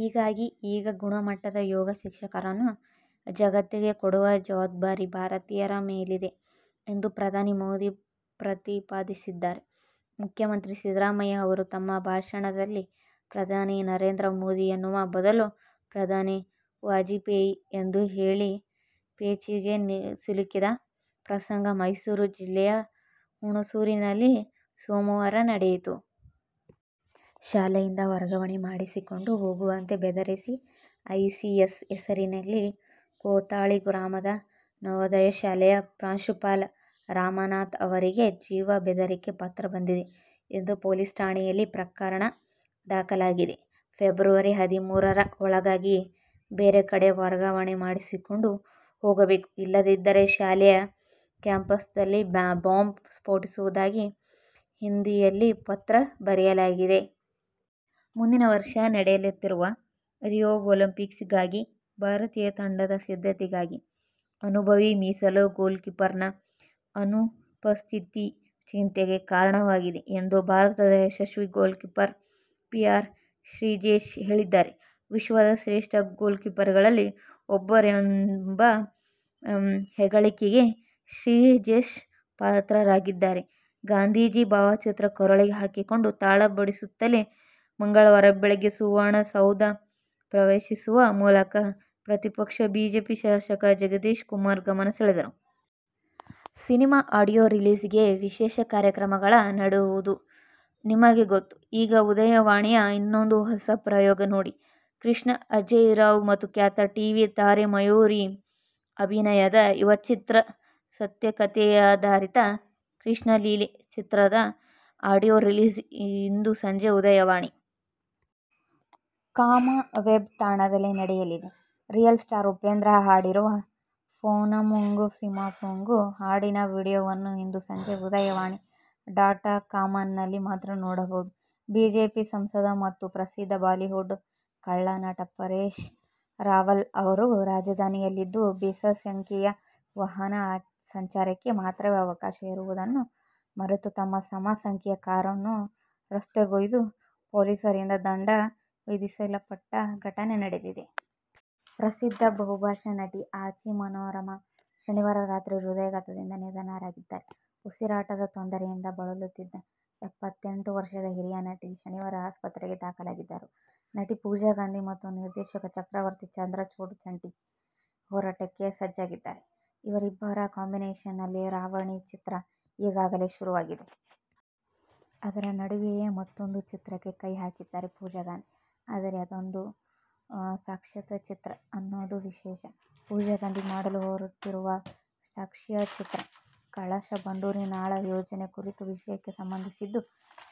ಹಾಗಾಗಿ ಈಗ ಗುಣಮಟ್ಟದ ಯೋಗ ಶಿಕ್ಷಕರನ್ನು ಜಗತ್ತಿಗೆ ಕೊಡುವ ಜವಾಬ್ದಾರಿ ಭಾರತೀಯರ ಮೇಲಿದೆ ಎಂದು ಪ್ರಧಾನಿ ಮೋದಿ ಪ್ರತಿಪಾದಿಸಿದ್ದಾರೆ. ಮುಖ್ಯಮಂತ್ರಿ ಸಿದ್ದರಾಮಯ್ಯ ಅವರು ತಮ್ಮ ಭಾಷಣದಲ್ಲಿ ಪ್ರಧಾನಿ ನರೇಂದ್ರ ಮೋದಿ ಎನ್ನುವ ಬದಲು ಪ್ರಧಾನಿ ವಾಜಪೇಯಿ ಎಂದು ಹೇಳಿ ಪೇಚಿಗೆ ಸಿಲುಕಿದ ಪ್ರಸಂಗ ಮೈಸೂರು ಜಿಲ್ಲೆಯ ಹುಣಸೂರಿನಲ್ಲಿ ಸೋಮವಾರ ನಡೆಯಿತು. ಶಾಲೆಯಿಂದ ವರ್ಗಾವಣೆ ಮಾಡಿಸಿಕೊಂಡು ಹೋಗುವಂತೆ ಬೆದರಿಸಿ ಐಸಿಸ್ ಹೆಸರಿನಲ್ಲಿ ಕೋಥಳಿ ಗ್ರಾಮದ ನವೋದಯ ಶಾಲೆಯ ಪ್ರಾಂಶುಪಾಲ ರಮನಾಥ ಅವರಿಗೆ ಜೀವ ಬೆದರಿಕೆ ಪತ್ರ ಬಂದಿದೆ ಎಂದು ಪೊಲೀಸ್ ಠಾಣೆಯಲ್ಲಿ ಪ್ರಕರಣ ದಾಖಲಾಗಿದೆ. ಫೆಬ್ರವರಿ ಹದಿಮೂರರ ಒಳಗಾಗಿ ಬೇರೆ ಕಡೆ ವರ್ಗಾವಣೆ ಮಾಡಿಸಿಕೊಂಡು ಹೋಗಬೇಕು, ಇಲ್ಲದಿದ್ದರೆ ಶಾಲೆಯ ಕ್ಯಾಂಪಸ್ದಲ್ಲಿ ಬಾಂಬ್ ಸ್ಫೋಟಿಸುವುದಾಗಿ ಹಿಂದಿಯಲ್ಲಿ ಪತ್ರ ಬರೆಯಲಾಗಿದೆ. ಮುಂದಿನ ವರ್ಷ ನಡೆಯಲಿರುವ ರಿಯೋ ಒಲಿಂಪಿಕ್ಸ್ಗಾಗಿ ಭಾರತೀಯ ತಂಡದ ಸಿದ್ಧತೆಗಾಗಿ ಅನುಭವಿ ಮೀಸಲು ಗೋಲ್ಕೀಪರ್ನ ಅನುಪಸ್ಥಿತಿ ಚಿಂತೆಗೆ ಕಾರಣವಾಗಿದೆ ಎಂದು ಭಾರತದ ಯಶಸ್ವಿ ಗೋಲ್ಕೀಪರ್ ಪಿ ಆರ್ ಶ್ರೀಜೇಶ್ ಹೇಳಿದ್ದಾರೆ. ವಿಶ್ವದ ಶ್ರೇಷ್ಠ ಗೋಲ್ಕೀಪರ್ಗಳಲ್ಲಿ ಒಬ್ಬರೆಂಬ ಹೆಗ್ಗಳಿಕೆಗೆ ಶ್ರೀಜೇಶ್ ಪಾತ್ರರಾಗಿದ್ದಾರೆ. ಗಾಂಧೀಜಿ ಭಾವಚಿತ್ರ ಕೊರಳಿಗೆ ಹಾಕಿಕೊಂಡು ತಾಳ ಬಡಿಯುತ್ತಲೇ ಮಂಗಳವಾರ ಬೆಳಗ್ಗೆ ಸುವರ್ಣಸೌಧ ಪ್ರವೇಶಿಸುವ ಮೂಲಕ ಪ್ರತಿಪಕ್ಷ ಬಿಜೆಪಿ ಶಾಸಕ ಜಗದೀಶ್ಕುಮಾರ್ ಗಮನ ಸೆಳೆದರು. ಸಿನೆಮಾ ಆಡಿಯೋ ರಿಲೀಸ್ಗೆ ವಿಶೇಷ ಕಾರ್ಯಕ್ರಮಗಳು ನಡೆಯುವುದು ನಿಮಗೆ ಗೊತ್ತು. ಈಗ ಉದಯವಾಣಿಯ ಇನ್ನೊಂದು ಹೊಸ ಪ್ರಯೋಗ ನೋಡಿ. ಕೃಷ್ಣ ಅಜೇಯ್ ರಾವ್ ಮತ್ತು ಖ್ಯಾತ ಟಿ. ವಿ. ತಾರೆ ಮಯೂರಿ ಅಭಿನಯದ ಯುವಚಿತ್ರ, ಸತ್ಯಕಥೆಯಾಧಾರಿತ ಕೃಷ್ಣಲೀಲೆ ಚಿತ್ರದ ಆಡಿಯೋ ರಿಲೀಸ್ ಇಂದು ಸಂಜೆ ಉದಯವಾಣಿ. ಕಾಮ್ ವೆಬ್ ತಾಣದಲ್ಲಿ ನಡೆಯಲಿದೆ. ರಿಯಲ್ ಸ್ಟಾರ್ ಉಪೇಂದ್ರ ಹಾಡಿರುವ ಫೋನಮ್ಮುಂಗು ಸಿಮ್ಮಪ್ಪುಂಗು.. ಹಾಡಿನ ವಿಡಿಯೋವನ್ನು ಇಂದು ಸಂಜೆ ಉದಯವಾಣಿ ಡಾಟ್ ಕಾಮ್ನಲ್ಲಿ ಮಾತ್ರ ನೋಡಬಹುದು. ಬಿಜೆಪಿ ಸಂಸದ ಮತ್ತು ಪ್ರಸಿದ್ಧ ಬಾಲಿವುಡ್ ಖಳ ನಟ ಪರೇಶ್ ರಾವಲ್ ಅವರು ರಾಜಧಾನಿಯಲ್ಲಿಂದು ಬೆಸ ಸಂಖ್ಯೆಯ ವಾಹನ ಸಂಚಾರಕ್ಕೆ ಮಾತ್ರವೇ ಅವಕಾಶ ಇರುವುದನ್ನು ಮರೆತು ತಮ್ಮ ಸಮ ಸಂಖ್ಯೆಯ ಕಾರನ್ನು ರಸ್ತೆಗೊಯ್ದು ಪೊಲೀಸರಿಂದ ದಂಡ ವಿಧಿಸಲ್ಪಟ್ಟ ಘಟನೆ ನಡೆದಿದೆ. ಪ್ರಸಿದ್ಧ ಬಹುಭಾಷಾ ನಟಿ ಆಚಿ ಮನೋರಮಾ ಶನಿವಾರ ರಾತ್ರಿ ಹೃದಯಾಘಾತದಿಂದ ನಿಧನರಾಗಿದ್ದಾರೆ. ಉಸಿರಾಟದ ತೊಂದರೆಯಿಂದ ಬಳಲುತ್ತಿದ್ದ ಎಪ್ಪತೆಂಟು ವರ್ಷದ ಹಿರಿಯರ ನಟಿ ಶನಿವಾರ ಆಸ್ಪತ್ರೆಗೆ ದಾಖಲಾಗಿದ್ದರು. ನಟಿ ಪೂಜಾ ಗಾಂಧಿ ಮತ್ತು ನಿರ್ದೇಶಕ ಚಕ್ರವರ್ತಿ ಚಂದ್ರಚೂಡ ಜಂಟಿ ಹೋರಾಟಕ್ಕೆ ಸಜ್ಜಾಗಿದ್ದಾರೆ. ಇವರಿಬ್ಬರ ಕಾಂಬಿನೇಷನ್ನಲ್ಲಿ ರಾವಣಿ ಚಿತ್ರ ಈಗಾಗಲೇ ಶುರುವಾಗಿದೆ. ಅದರ ನಡುವೆಯೇ ಮತ್ತೊಂದು ಚಿತ್ರಕ್ಕೆ ಕೈ ಹಾಕಿದ್ದಾರೆ ಪೂಜಾ ಗಾಂಧಿ. ಆದರೆ, ಅದೊಂದು ಸಾಕ್ಷ್ಯಚಿತ್ರ ಅನ್ನೋದು ವಿಶೇಷ. ಪೂಜಾ ಗಾಂಧಿ ಮಾಡಲು ಹೊರಟಿರುವ ಸಾಕ್ಷ್ಯಚಿತ್ರ ಕಳಸಾ-ಬಂಡೂರಿ ನಾಲಾ ಯೋಜನೆ ಕುರಿತ ವಿಷಯಕ್ಕೆ ಸಂಬಂಧಿಸಿದ್ದು.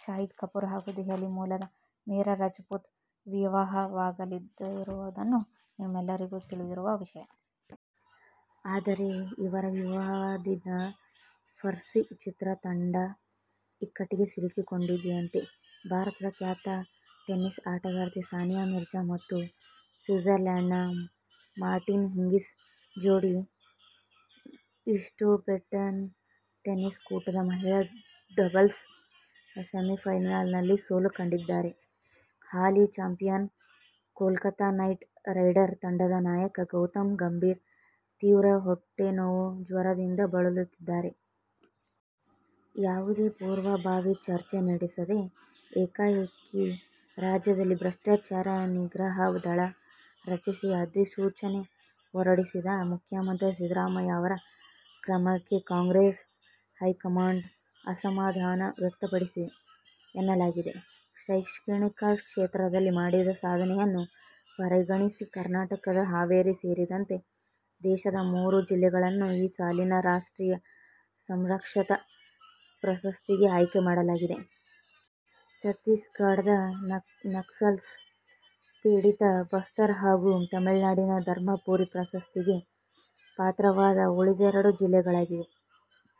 ಶಾಹಿದ್ ಕಪೂರ್ ಹಾಗೂ ದೆಹಲಿ ಮೂಲದ ಮೀರಾ ರಜಪೂತ್ ವಿವಾಹವಾಗಲಿರುವುದನ್ನು ನಿಮ್ಮೆಗೆಲ್ಲರಿಗೂ ತಿಳಿದಿರುವ ವಿಷಯ. ಆದರೆ ಇವರ ವಿವಾಹದಿಂದ ಫರ್ಝಿ ಚಿತ್ರ ತಂಡ ಇಕ್ಕಟ್ಟಿಗೆ ಸಿಲುಕಿಕೊಂಡಿದೆಯಂತೆ. ಭಾರತದ ಖ್ಯಾತ ಟೆನ್ನಿಸ್ ಆಟಗಾರ್ತಿ ಸಾನಿಯಾ ಮಿರ್ಜಾ ಮತ್ತು ಸ್ವಿಜರ್ಲೆಂಡ್ನ ಮಾರ್ಟಿನಾ ಹಿಂಗಿಸ್ ಜೋಡಿ ಈಸ್ಟ್ಬೋರ್ನ್ ಟೆನ್ನಿಸ್ ಕೂಟದ ಮಹಿಳಾ ಡಬಲ್ಸ್ ಸೆಮಿಫೈನಲ್ನಲ್ಲಿ ಸೋಲು ಕಂಡಿದ್ದಾರೆ. ಹಾಲಿ ಚಾಂಪಿಯನ್ ಕೋಲ್ಕತಾ ನೈಟ್ ರೈಡರ್ ತಂಡದ ನಾಯಕ ಗೌತಮ್ ಗಂಭೀರ್ ತೀವ್ರ ಹೊಟ್ಟೆ ನೋವು ಜ್ವರದಿಂದ ಬಳಲುತ್ತಿದ್ದಾರೆ. ಯಾವುದೇ ಪೂರ್ವಭಾವಿ ಚರ್ಚೆ ನಡೆಸದೆ ಏಕಾಏಕಿ ರಾಜ್ಯದಲ್ಲಿ ಭ್ರಷ್ಟಾಚಾರ ನಿಗ್ರಹ ದಳ ರಚಿಸಿ ಅಧಿಸೂಚನೆ ಹೊರಡಿಸಿದ ಮುಖ್ಯಮಂತ್ರಿ ಸಿದ್ದರಾಮಯ್ಯ ಅವರ ಕ್ರಮಕ್ಕೆ ಕಾಂಗ್ರೆಸ್ ಹೈಕಮಾಂಡ್ ಅಸಮಾಧಾನ ವ್ಯಕ್ತಪಡಿಸಿದೆ ಎನ್ನಲಾಗಿದೆ. ಶೈಕ್ಷಣಿಕ ಕ್ಷೇತ್ರದಲ್ಲಿ ಮಾಡಿದ ಸಾಧನೆಯನ್ನು ಪರಿಗಣಿಸಿ ಕರ್ನಾಟಕದ ಹಾವೇರಿ ಸೇರಿದಂತೆ ದೇಶದ ಮೂರು ಜಿಲ್ಲೆಗಳನ್ನು ಈ ಸಾಲಿನ ರಾಷ್ಟ್ರೀಯ ಸಾಕ್ಷರತಾ ಪ್ರಶಸ್ತಿಗೆ ಆಯ್ಕೆ ಮಾಡಲಾಗಿದೆ. ಛತ್ತೀಸ್ಗಢದ ನಕ್ಸಲ್ ಪೀಡಿತ ಬಸ್ತರ್ ಹಾಗೂ ತಮಿಳುನಾಡಿನ ಧರ್ಮಪುರಿ ಪ್ರಶಸ್ತಿಗೆ ಪಾತ್ರವಾದ ಉಳಿದೆರಡು ಜಿಲ್ಲೆಗಳಾಗಿವೆ.